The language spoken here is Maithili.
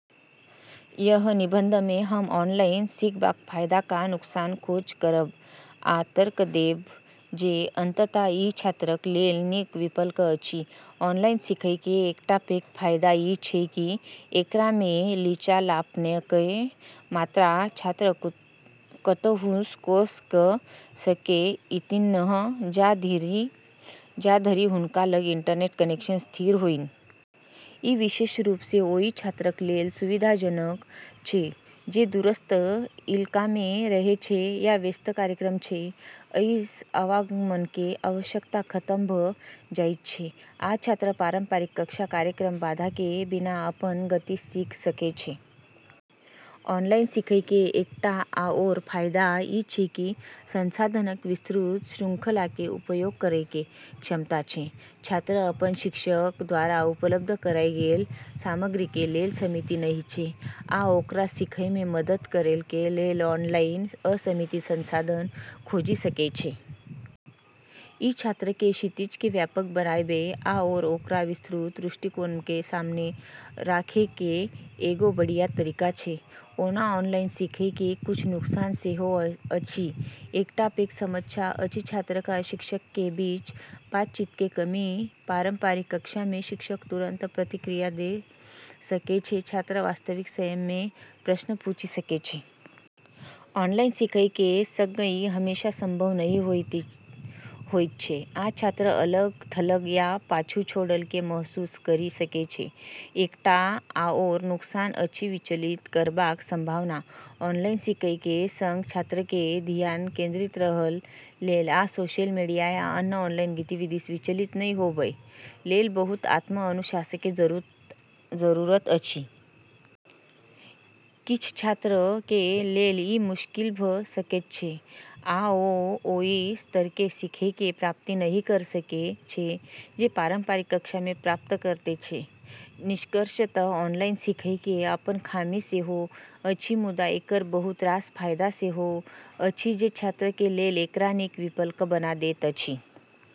एहि निबंधमे हम ऑनलाइन सीखबाक फायदा आ नुकसानक खोज करब आ तर्क देब जे अंततः ई छात्रक लेल नीक विकल्प अछि। ऑनलाइन सिखैके एकटा पैघ फायदा ई छै कि एकरामे लचीलापनके मात्रा। छात्र कतहुसँ कोर्स क' सकै छथिन्ह, जा धरि हुनका लग इंटरनेट कनेक्शन स्थिर होइन। ई विशेष रूपसँ ओइ छात्रक लेल सुविधाजनक छै जे दूरस्थ इलाकामे रहै छै या व्यस्त कार्यक्रम छै। अइसँ आवागमनके आवश्यकता खतम भ' जाइत छै, आ छात्र पारंपरिक कक्षा कार्यक्रमके बाधाके बिना अपन गतिसँ सीख सकै छै। ऑनलाइन सिखैके एकटा आओर फाइदा ई छै कि संसाधनक विस्तृत श्रृंखलाके उपयोग करैके क्षमता छै। छात्र अपन शिक्षकक द्वारा उपलब्ध कराइल गेल सामग्रीके लेल सीमित नहि छै, आ ओकरा सीखयमे मदद करैके लेल ऑनलाइन असीमित संसाधन खोजि सकै छै। ई छात्रके क्षितिजके व्यापक बनाबै आओर ओकरा विस्तृत दृष्टिकोणके सामने राखैके एगो बढ़ियाँ तरीका छै। ओना ऑनलाइन सिखैके किछ नुकसान सेहो अछि। एकटा पैघ समस्या अछि छात्र आ शिक्षकके बीच बातचीतके कमी। पारंपरिक कक्षामे शिक्षक तुरंत प्रतिक्रिया द' सकै छै आ छात्र वास्तविक समयमे प्रश्न पूछि सकै छै। ऑनलाइन सिखैके सङ्ग ई हमेशा संभव नहि होइत छै, आ छात्र अलग-थलग या पाछू छोड़ल गेल महसूस करि सकै छै। एकटा आओर नुकसान अछि विचलित करबाक संभावना। ऑनलाइन सिखैके सङ्ग छात्रके धियान केंद्रित रहय लेल आ सोशल मीडिया या अन्य ऑनलाइन गतिविधिसँ विचलित नहि होबय लेल बहुत आत्म-अनुशासनके जरूरत अछि। किछ छात्रके लेल ई मुश्किल भ' सकैत छै, आ ओ ओइ स्तरके सिखैके प्राप्ति नहि करि सकै छै जे पारंपरिक कक्षामे प्राप्त करैत छै। निष्कर्षतः ऑनलाइन सिखैके अपन खामी सेहो अछि मुदा एकर बहुत रास फायदा सेहो अछि जे छात्रके लेल एकरा नीक विकल्प बना दैत अछि।